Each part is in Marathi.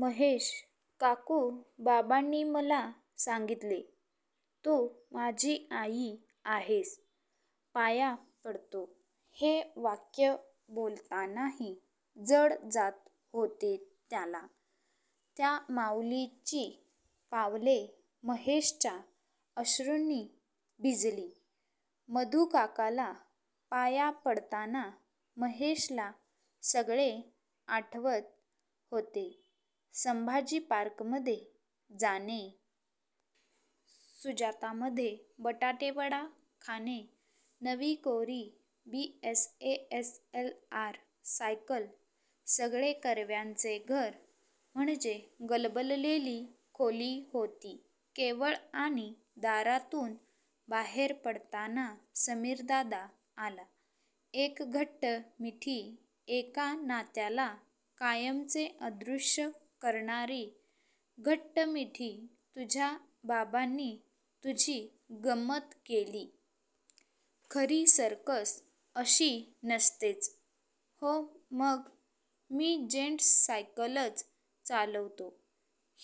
महेश काकू बाबांनी मला सांगीतले. तू माझी आई आहेस. पाया पडतो. हे वाक्य बोलतानाही जड जात होते त्याला! त्या माउलीची पावले महेशच्या अश्रुंनी भिजली. मधूकाकाला पाया पडताना महेशला सगळे आठवत होते. संभाजी पार्कमधे जाणे! सुजातामधे बटाटेवडा खाणे, नवी कोरी B. S. A. S. L. R. Cycle सगळे कर्व्यांचे घर म्हणजे गलबललेली खोली होती केवळ आणि दारातून बाहेर पडताना समीरदादा आला. एक घट्ट मिठी एका नात्याला कायमचे अदृष्य करणारी घट्ट मिठी तुझ्या बाबांनी तुझी गंमत केली. खरी सर्कस अशी नसतेच. हो मग? मी जेन्ट्स सायकलच चालवतो.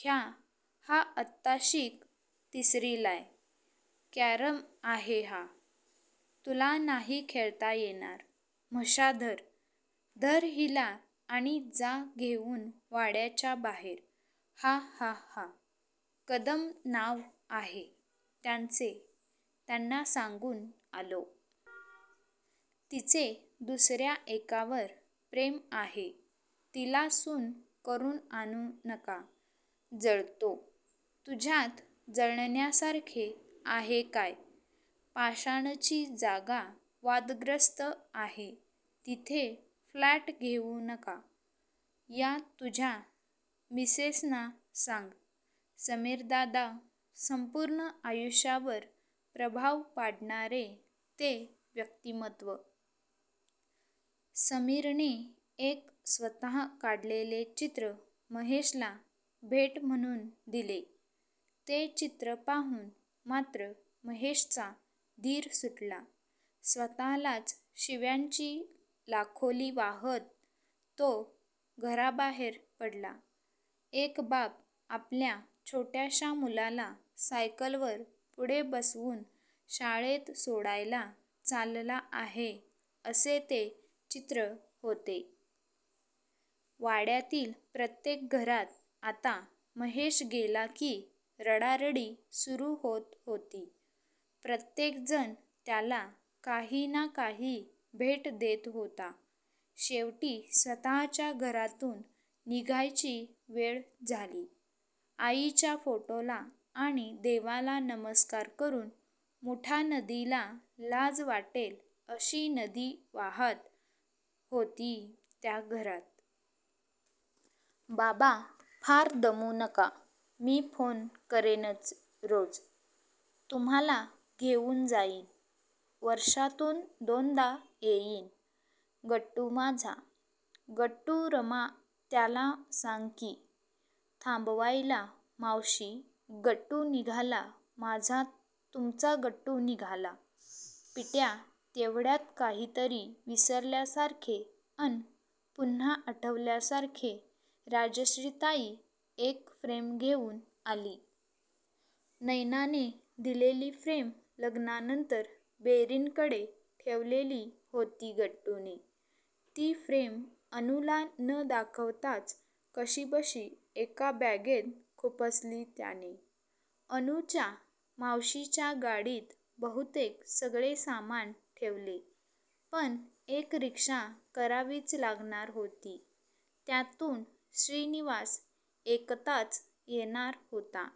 ह्या हा आत्ताशिक तिसरीलाय. कॅरम आहे हा. तुला नाही खेळता येणार. म्हशा धर. धर हिला आणि जा घेऊन वाड्याच्या बाहेर हा हा हा हा, कदम नाव आहे त्यांचे त्यांना सांगून आलो. तिचे दुसर्या एकावर प्रेम आहे. तिला सून करून आणू नका. जळतो? तुझ्यात जळण्यासारखे आहे काय? पाषाणची जागा वादग्रस्त आहे. तिथे फ्लॅट घेऊ नका. या तुझ्या मिसेसना सांग. समीरदादा! संपूर्ण आयुष्यावर प्रभाव पाडणारे ते व्यक्तीमत्व! समीरने एक स्वतः काढलेले चित्र महेशला भेट म्हणून दिले. ते चित्र पाहून मात्र महेशचा धीर सुटला. स्वतःलाच शिव्यांची लाखोली वाहात तो घराबाहेर पडला. एक बाप आपल्या छोट्याश्या मुलाला सायकलवर पुढे बसवून शाळेत सोडायला चालला आहे असे ते चित्र होते! वाड्यातील प्रत्येक घरात आता महेश गेला की रडारडी सुरू होत होती. प्रत्येक जण त्याला काही ना काही भेट देत होता. शेवटी स्वत:च्या घरातून निघायची वेळ झाली. आईच्या फोटोला आणि देवाला नमस्कार करून मुठा नदीला लाज वाटेल अशी नदी वाहात होती त्या घरात. बाबा फार दमू नका. मी फोन करेनच रोज तुम्हाला घेऊन जाईन. वर्षातून दोनदा येईन. गट्टू माझा गट्टू रमा त्याला सांग की. थांबायला मावशी गट्टू निघाला माझा तुमचा गट्टू निघाला. पिट्या तेवढ्यात काहीतरी विसरल्यासारखे अन पुन्हा आठवल्यासारखे राजश्रीताई एक फ्रेम घेऊन आली. नैनाने दिलेली फ्रेम लग्नानंतर बेरींकडे ठेवलेली होती गट्टूने! ती फ्रेम अनुला न दाखवताच कशीबशी एका बॅगेत खुपसली त्याने! अनुच्या मावशीच्या गाडीत बहुतेक सगळे सामान ठेवले. पण एक रिक्षा करावीच लागणार होती. त्यातून श्रीनिवास एकताच येणार होता.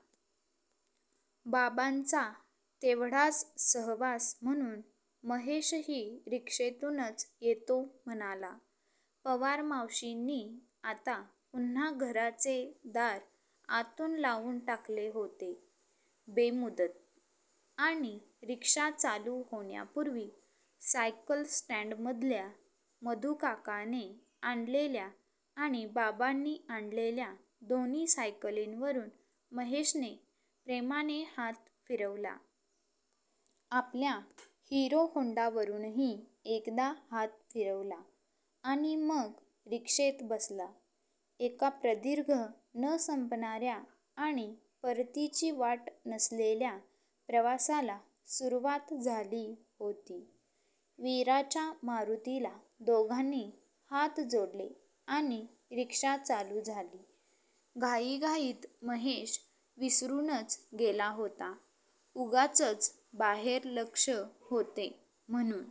बाबांचा तेवढास सहवास म्हणून महेशही रिक्षेतूनच येतो म्हणाला. पवार मावशींनी आता पुन्हा घराचे दार आतून लावून टाकले होते. बेमुदत! आणि रिक्षा चालू होण्यापुर्वी सायकल स्टॅन्डमधल्या मधूकाकाने आणलेल्या आणि बाबांनी आणलेल्या दोन्ही सायकलींवरून महेशने प्रेमाने हात फिरवला. आपल्या हिरो होंडावरूनही एकदा हात फिरवला आणि मग रिक्षेत बसला. एका प्रदीर्घ, न संपणार्या आणि परतीची वाट नसलेल्या प्रवासाला सुरुवात झाली होती. वीराच्या मारुतीला दोघांनी हात जोडले आणि रिक्षा चालू झाली. घाईघाईत महेश विसरूनच गेला होता. उगाचच बाहेर लक्ष होते म्हणून!